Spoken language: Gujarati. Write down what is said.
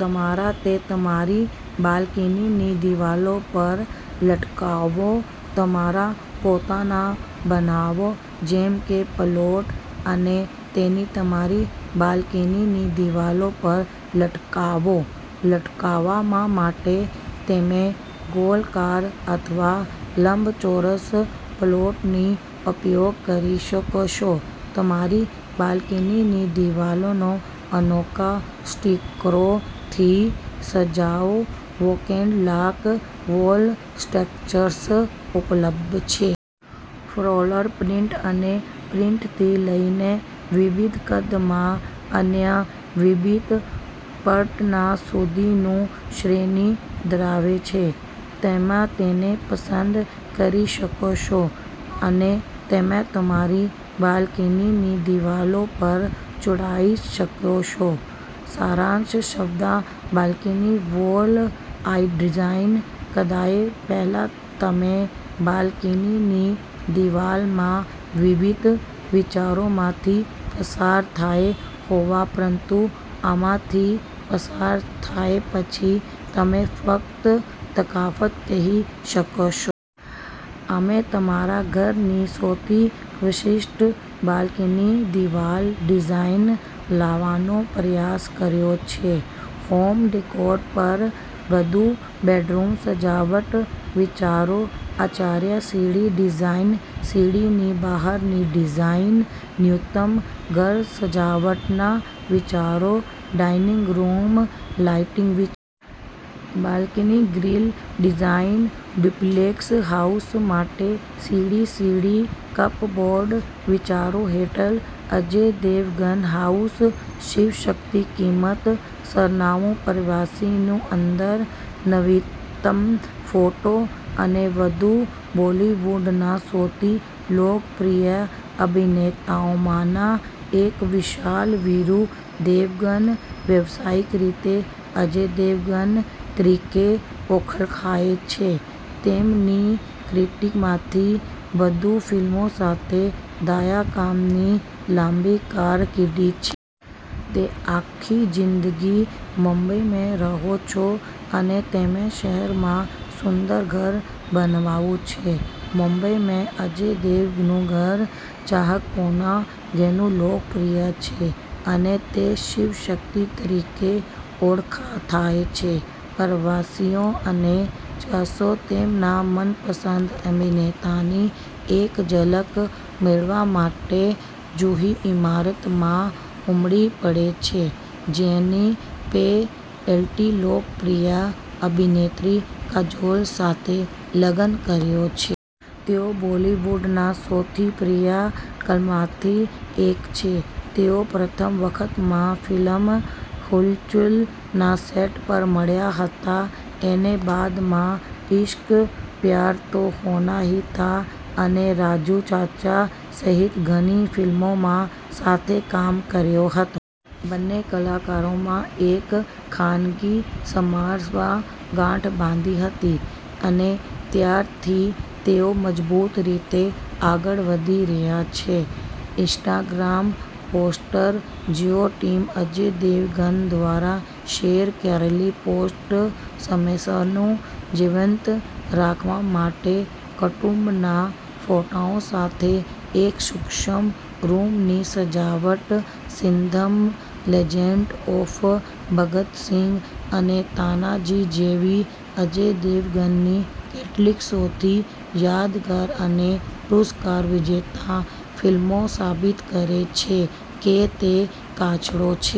તમારા ને તમારી બાલ્કનીની દિવાલો પર લટકાવોતમારા પોતાના બનાવો, જેમ કે પ્લોટ અને તેને તમારી બાલ્કનીની દિવાલો પર લટકાવો. લટકાવવા માટે તમે ગોળકાર અથવા લંબચોરસ પ્લોટ ઉપયોગ કરી શકો છો. તમારી બાલ્કનીની દિવાલોને અનોખા સ્ટીકરોથી સજાવોકેટલાક વોલ સ્ટ્રાઈકર્સ ઉપલબ્ધ છે. ફ્લોરલ પ્રિન્ટ અને પ્રિન્ટથી લઈને વિવિધ કદમાં અન્ય વિવિધ પેટર્ન સુધીની શ્રેણી ધરાવે છે. તેમા તેને પસંદ કરી શકો છો અને તેમા તમારી બાલ્કનીની દિવાલો પર ચોંટાડી શકો છો. સારાંશબાલ્કની વોલ આઇડિયાઝ કદાચ પહેલાં તમે બાલ્કનીની દિવાલના વિવિધ વિચારોમાંથી પસાર થયા હોવ પરંતુ આમાંથી પસાર થયા પછી તમે ફક્ત તફાવતકહી શકો છો. અમે તમારા ઘરની સૌથી વિશિષ્ટ બાલ્કની દિવાલ ડિઝાઇન લાવવાનો પ્રયાસ કર્યો છે. હોમ ડેકોર પર વધુ બેડરૂમ સજાવટ વિચારો આયર્ન સીડી ડિઝાઇન સીડીની બહારની ડિઝાઇન ન્યૂનતમ ઘર સજાવટના વિચારો dining room lighting balcony grill design duplex house માટે સીડી સીડી કપબોર્ડ વિચારો હેઠળ અજય દેવગન હાઉસ શિવશક્તિકિંમત, સરનામું, પ્રવાસની અંદર, નવીનતમ ફોટો અને વધુ બોલિવૂડના સૌથી લોકપ્રિય અભિનેતાઓમાંના એક, વિશાલ વીરુ દેવગન, વ્યવસાયિક રીતે અજય દેવગન તરીકે ઓળખાય છે, તેમની કિટ્ટીમાં થી વધુ ફિલ્મો સાથે દાયકાની લાંબી કારકિર્દી છે. તે આખી જીંદગી મુંબઈમેં રહો છે અને તેણે શહેરમાં સુંદર ઘર બનાવ્યું છે. મુંબઈમાં અજય દેવગનનું ઘર ચાહકોમાં ઘણું લોકપ્રિય છે અને તે 'શિવશક્તિ' તરીકે ઓળખાય છે. પ્રવાસીઓ અને ચાહકો તેમના મનપસંદ અભિનેતાની એક ઝલક મેળવવા માટે જુહુનીઇમારતમાં ઉમડી પડે છે, જેમણે પણ એટલીલોકપ્રિય અભિનેત્રી, કાજોલ સાથે લગન કર્યા છે. તેઓ બોલિવૂડના સૌથી પ્રિય કપલમાંથી એક છે. તેઓ પ્રથમ વખત માં ફિલમ "હુલચુલ" ના સેટ પર મળ્યા હતા અને બાદમાં "ઇશ્ક," "પ્યાર તો હોના હી થા," અને "રાજુ ચાચા" સહિત ઘણી ફિલ્મોમાં સાથે કામ કર્યું હતું. બંને કલાકારોએ માં એક ખાનગી સમારંભમાં ગાંઠ બાંધી હતી અને ત્યારથી તેઓ મજબૂત રીતે આગળ વધી રહ્યા છે. ઇન્સ્ટાગ્રામ પરપોસ્ટ જુઓ ટીમ અજય દેવગણ દ્વારા શેર કરાયેલ પોસ્ટ સમ સનો જીવંત રાખવા માટે કુટુંબના ફોટાઓ સાથે એક સૂક્ષ્મ રૂમની સજાવટ સિંઘમ, લિજેન્ડ ઓફ ભગત સિંહ અને તાનાજી જેવી અજવ દેવગનની કેટલીક સૌથી યાદગાર અને પુરસ્કાર વિજેતા ફિલ્મો સાબિત કરે છે કે તે કાચંડો છે.